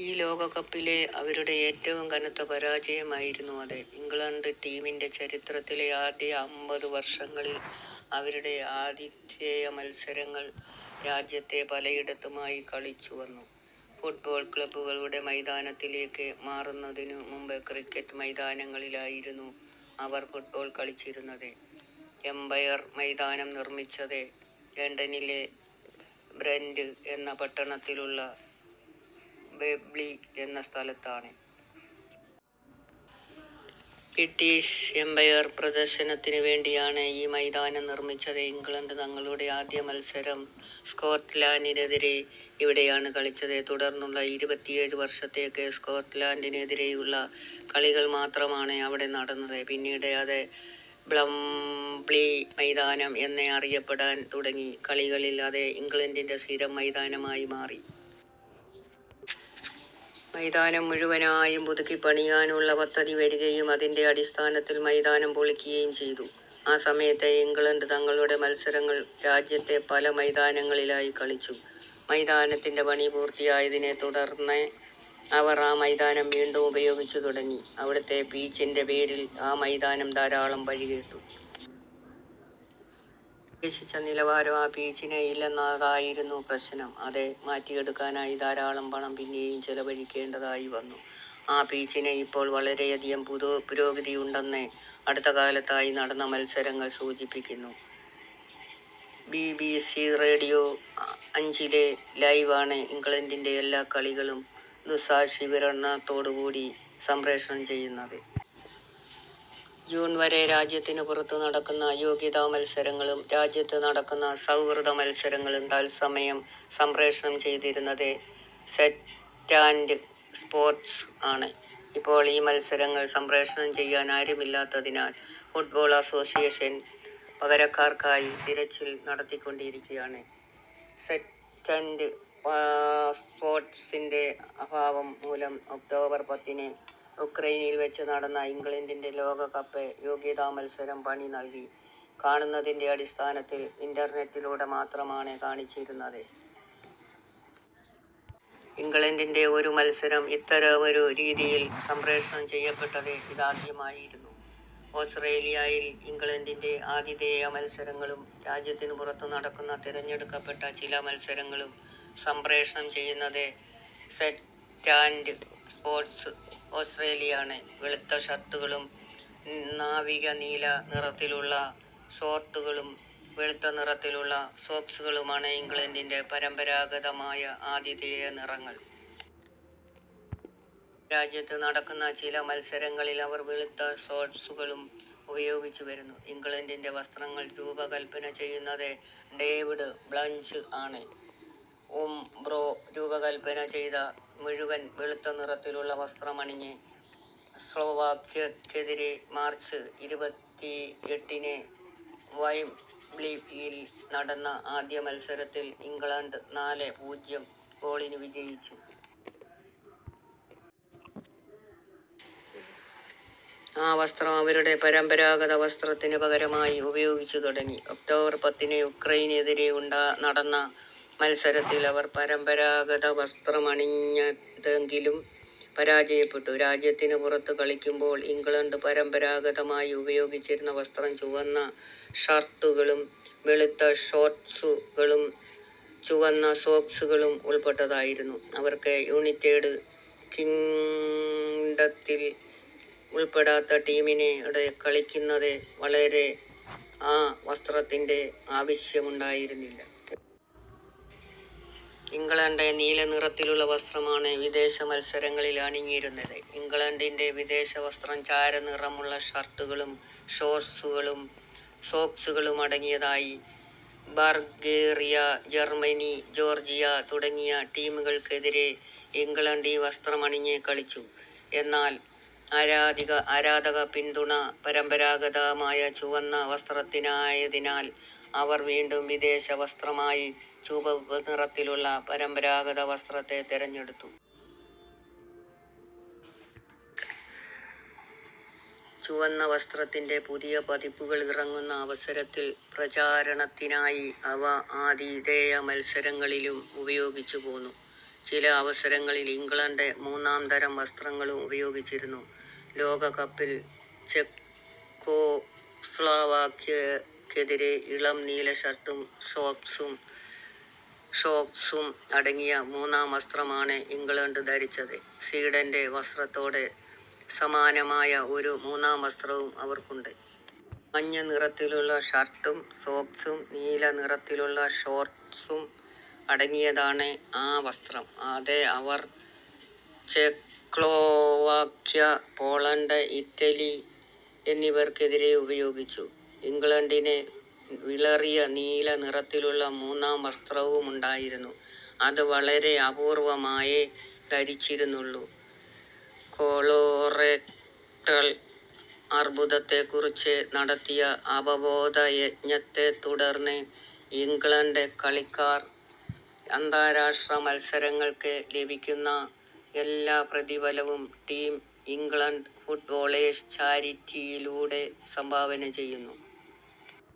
ഒരു ലോകകപ്പിലെ അവരുടെ ഏറ്റവും കനത്ത പരാജയമായിരുന്നു അത്. ഇംഗ്ലണ്ട് ടീമിന്റെ ചരിത്രത്തിലെ ആദ്യ അമ്പത് വർഷങ്ങളിൽ അവരുടെ ആതിഥേയ മത്സരങ്ങൾ രാജ്യത്ത് പലയിടത്തുമായി കളിച്ചു വന്നു. ഫുട്ബോൾ ക്ലബ്ബുകളുടെ മൈതാനത്തിലേക്ക് മാറുന്നതിനു മുമ്പ് ക്രിക്കറ്റ് മൈതാനങ്ങളിലായിരുന്നു അവർ ഫുട്ബോൾ കളിച്ചിരുന്നത്. എമ്പയർ മൈതാനം നിർമ്മിച്ചത് ലണ്ടനിലെ ബ്രെന്റ് എന്ന പട്ടണത്തിലുള്ള വെംബ്ലി എന്ന സ്ഥലത്താണ്. ബ്രിട്ടീഷ് എമ്പയർ പ്രദർശനത്തിനു വേണ്ടിയാണ് ഈ മൈതാനം നിർമ്മിച്ചത്. ഇംഗ്ലണ്ട് തങ്ങളുടെ ആദ്യ മത്സരം സ്കോട്ട്ലൻഡിനെതിരെ ഇവിടെയാണ് കളിച്ചത്. തുടർന്നുള്ള ഇരുപത്തിയേഴ് വർഷത്തേക്ക് സ്കോട്ട്ലൻഡിനെതിരായുള്ള കളികൾ മാത്രമാണ് അവിടെ നടന്നത്. പിന്നീട് അത് വെംബ്ലി മൈതാനം എന്ന് അറിയപ്പെടാൻ തുടങ്ങി. കളികളിൽ അത് ഇംഗ്ലണ്ടിന്റെ സ്ഥിരം മൈതാനമായി മാറി. മൈതാനം മുഴുവനായും പുതുക്കിപ്പണിയാനുള്ള പദ്ധതി വരികയും അതിന്റെ അടിസ്ഥാനത്തിൽ മൈതാനം പൊളിക്കുകയും ചെയ്തു. ആ സമയത്ത് ഇംഗ്ലണ്ട് തങ്ങളുടെ മത്സരങ്ങൾ രാജ്യത്ത് പല മൈതാനങ്ങളിലായി കളിച്ചു. മൈതാനത്തിന്റെ പണി പൂർത്തിയായതിനെത്തുടർന്ന് അവർ ആ മൈതാനം വീണ്ടും ഉപയോഗിച്ചു തുടങ്ങി. അവിടുത്തെ പിച്ചിന്റെ പേരിൽ ആ മൈതാനം ധാരാളം പഴികേട്ടു. ഉദ്ദേശിച്ച നിലവാരം ആ പിച്ചിന് ഇല്ലെന്നതായിരുന്നു പ്രശ്നം. അത് മാറ്റിയെടുക്കാനായി ധാരാളം പണം പിന്നേയും ചിലവഴിക്കേണ്ടതായി വന്നു. ആ പിച്ചിന് ഇപ്പോൾ വളരെയധികം പുരോഗതിയുണ്ടെന്ന് അടുത്തകാലത്തായി നടന്ന മത്സരഫലങ്ങൾ സൂചിപ്പിക്കുന്നു. ബി. ബി. സി. റേഡിയോ അഞ്ചിലെ ലൈവ് ആണ് ഇംഗ്ലണ്ടിന്റെ എല്ലാ കളികളും ദൃക്സാക്ഷിവിവരണത്തോടുകൂടി സംപ്രേഷണം ചെയ്യുന്നത്. ജൂൺ വരെ രാജ്യത്തിനു പുറത്ത് നടക്കുന്ന യോഗ്യതാമത്സരങ്ങളും രാജ്യത്ത് നടക്കുന്ന സൗഹൃദമത്സരങ്ങളും തത്സമയം സംപ്രേഷണം ചെയ്തിരുന്നത് സെറ്റാന്റ സ്പോർട്ട്സ് ആണ്. ഇപ്പോൾ ഈ മത്സരങ്ങൾ സംപ്രേഷണം ചെയ്യാൻ ആരുമില്ലാത്തതിനാൽ ഫുട്ബോൾ അസോസിയേഷൻ പകരക്കാർക്കായി തിരച്ചിൽ നടത്തിക്കൊണ്ടിരിക്കുകയാണ്. സെറ്റാന്റ സ്പോർട്ട്സിന്റെ അഭാവം മൂലം ഒക്ടോബർ പത്തിന് ഉക്രൈനിൽ വെച്ച് നടന്ന ഇംഗ്ലണ്ടിന്റെ ലോകകപ്പ് യോഗ്യതാമത്സരം പണം നൽകി കാണുന്നതിന്റെ അടിസ്ഥാനത്തിൽ ഇന്റർനെറ്റിലൂടെ മാത്രമാണ് കാണിച്ചിരുന്നത്. ഇംഗ്ലണ്ടിന്റെ ഒരു മത്സരം ഇത്തരമൊരു രീതിയിൽ സംപ്രേഷണം ചെയ്യപ്പെട്ടത് ഇതാദ്യമായിരുന്നു. ഓസ്ട്രേലിയയിൽ, ഇംഗ്ലണ്ടിന്റെ ആതിഥേയ മത്സരങ്ങളും രാജ്യത്തിനു പുറത്ത് നടക്കുന്ന തിരഞ്ഞെടുക്കപ്പെട്ട ചില മത്സരങ്ങളും സംപ്രേഷണം ചെയ്യുന്നത് സെറ്റാന്റ സ്പോർട്ട്സ് ഓസ്ട്രേലിയ ആണ്. വെളുത്ത ഷർട്ടുകളും നാവിക നീല നിറത്തിലുള്ള ഷോർട്ടുകളും വെളുത്ത നിറത്തിലുള്ള സോക്സുകളുമാണ് ഇംഗ്ലണ്ടിന്റെ പരമ്പരാഗതമായ ആതിഥേയ നിറങ്ങൾ. സ്വന്തം രാജ്യത്ത് നടക്കുന്ന ചില മത്സരങ്ങളിൽ അവർ വെളുത്ത ഷോർട്ട്സുകളും ഉപയോഗിച്ചുവരുന്നു. ഇംഗ്ലണ്ടിന്റെ വസ്ത്രങ്ങൾ രൂപകല്പന ചെയ്യുന്നത് ഡേവിഡ് ബ്ലാഞ്ച് ആണ്. ഉംബ്രോ രൂപകല്പന ചെയ്ത മുഴുവൻ വെളുത്തനിറത്തിലുള്ള വസ്ത്രമണിഞ്ഞ് സ്ലോവാക്യക്കെതിരെ മാർച്ച് ഇരുപത്തിഎട്ടിന് വെംബ്ലിയിൽ നടന്ന ആദ്യ മത്സരത്തിൽ ഇംഗ്ലണ്ട് നാല് -പൂജ്യം ഗോളിന് വിജയിച്ചു. ആ വസ്ത്രം അവരുടെ പരമ്പരാഗത വസ്ത്രത്തിനു പകരമായി ഉപയോഗിച്ചു തുടങ്ങി. ഒക്ടോബർ പത്തിന് ഉക്രൈനിനെതിരെ നടന്ന മത്സരത്തിൽ അവർ പരമ്പരാഗത വസ്ത്രമാണണിഞ്ഞതെങ്കിലും പരാജയപ്പെട്ടു. രാജ്യത്തിനു പുറത്ത് കളിക്കുമ്പോൾ ഇംഗ്ലണ്ട് പരമ്പരാഗതമായി ഉപയോഗിച്ചിരുന്ന വസ്ത്രം ചുവന്ന ഷർട്ടുകളും വെളുത്ത ഷോർട്ട്സുകളും ചുവന്ന സോക്സുകളും ഉൾപ്പെട്ടതായിരുന്നു. അവർക്ക് യുണൈറ്റഡ് കിംഗ്ഡത്തിൽ ഉൾപ്പെടാത്ത ടീമിനോട് കളിക്കുന്നത് വരെ ആ വസ്ത്രത്തിന്റെ ആവശ്യമുണ്ടായിരുന്നില്ല. ഇംഗ്ലണ്ട് നീല നിറത്തിലുള്ള വസ്ത്രമാണ് വിദേശമത്സരങ്ങളിൽ അണിഞ്ഞിരുന്നത്. ഇംഗ്ലണ്ടിന്റെ വിദേശവസ്ത്രം ചാരനിറമുള്ള ഷർട്ടുകളും ഷോർട്ട്സുകളും സോക്സുകളും അടങ്ങിയതായി. ബൾഗേറിയ, ജർമ്മനി, ജോർജിയ തുടങ്ങിയ ടീമുകൾക്കെതിരെ ഇംഗ്ലണ്ട് ഈ വസ്ത്രമണിഞ്ഞ് കളിച്ചു. എന്നാൽ ആരാധകപിന്തുണ പരമ്പരാഗതമായ ചുവന്ന വസ്ത്രത്തിനായതിനാൽ അവർ വീണ്ടും വിദേശ വസ്ത്രമായി ചുവപ്പ് നിറത്തിലുള്ള പരമ്പരാഗത വസ്ത്രത്തെ തിരഞ്ഞെടുത്തു. ചുവന്ന വസ്ത്രത്തിന്റെ പുതിയ പതിപ്പുകൾ ഇറങ്ങുന്ന അവസരത്തിൽ പ്രചാരണത്തിനായി അവ ആതിഥേയ മത്സരങ്ങളിലും ഉപയോഗിച്ചുപോന്നു. ചില അവസരങ്ങളിൽ ഇംഗ്ലണ്ട് മൂന്നാം തരം വസ്ത്രങ്ങളും ഉപയോഗിച്ചിരുന്നു. ലോകകപ്പിൽ ചെകോസ്ലോവാക്യക്കെതിരെ ഇളം നീല ഷർട്ടും ഷോർട്ട്സും സോക്സും അടങ്ങിയ മൂന്നാം വസ്ത്രമാണ് ഇംഗ്ലണ്ട് ധരിച്ചത്. സ്വീഡന്റെ വസ്ത്രത്തോട് സമാനമായ ഒരു മൂന്നാം വസ്ത്രവും അവർക്കുണ്ട്. മഞ്ഞ നിറത്തിലുള്ള ഷർട്ടും സോക്സും നീല നിറത്തിലുള്ള ഷോർട്ട്സും അടങ്ങിയാതാണ് ആ വസ്ത്രം. അത് അവർ ചെകോസ്ലോവാക്യ, പോളണ്ട്, ഇറ്റലി എന്നിവർക്കെതിരെ ഉപയോഗിച്ചു. ഇംഗ്ലണ്ടിന് വിളറിയ നീല നിറത്തിലുള്ള മൂന്നാം വസ്ത്രവുമുണ്ടായിരുന്നു. അത് വളരെ അപൂർവ്വമായേ ധരിച്ചിരുന്നുള്ളൂ. കൊളോറെക്ടൽ അർബുദത്തെക്കുറിച്ച് നടത്തിയ അവബോധയജ്ഞത്തെത്തുടർന്ന് ഇംഗ്ലണ്ട് കളിക്കാർ അന്താരാഷ്ട്ര മത്സരങ്ങൾക്ക് ലഭിക്കുന്ന എല്ലാ പ്രതിഫലവും ടീം ഇംഗ്ലണ്ട് ഫുട്ബോളേഴ്സ് ചാരിറ്റിയിലൂടെ സംഭാവന ചെയ്യുന്നു.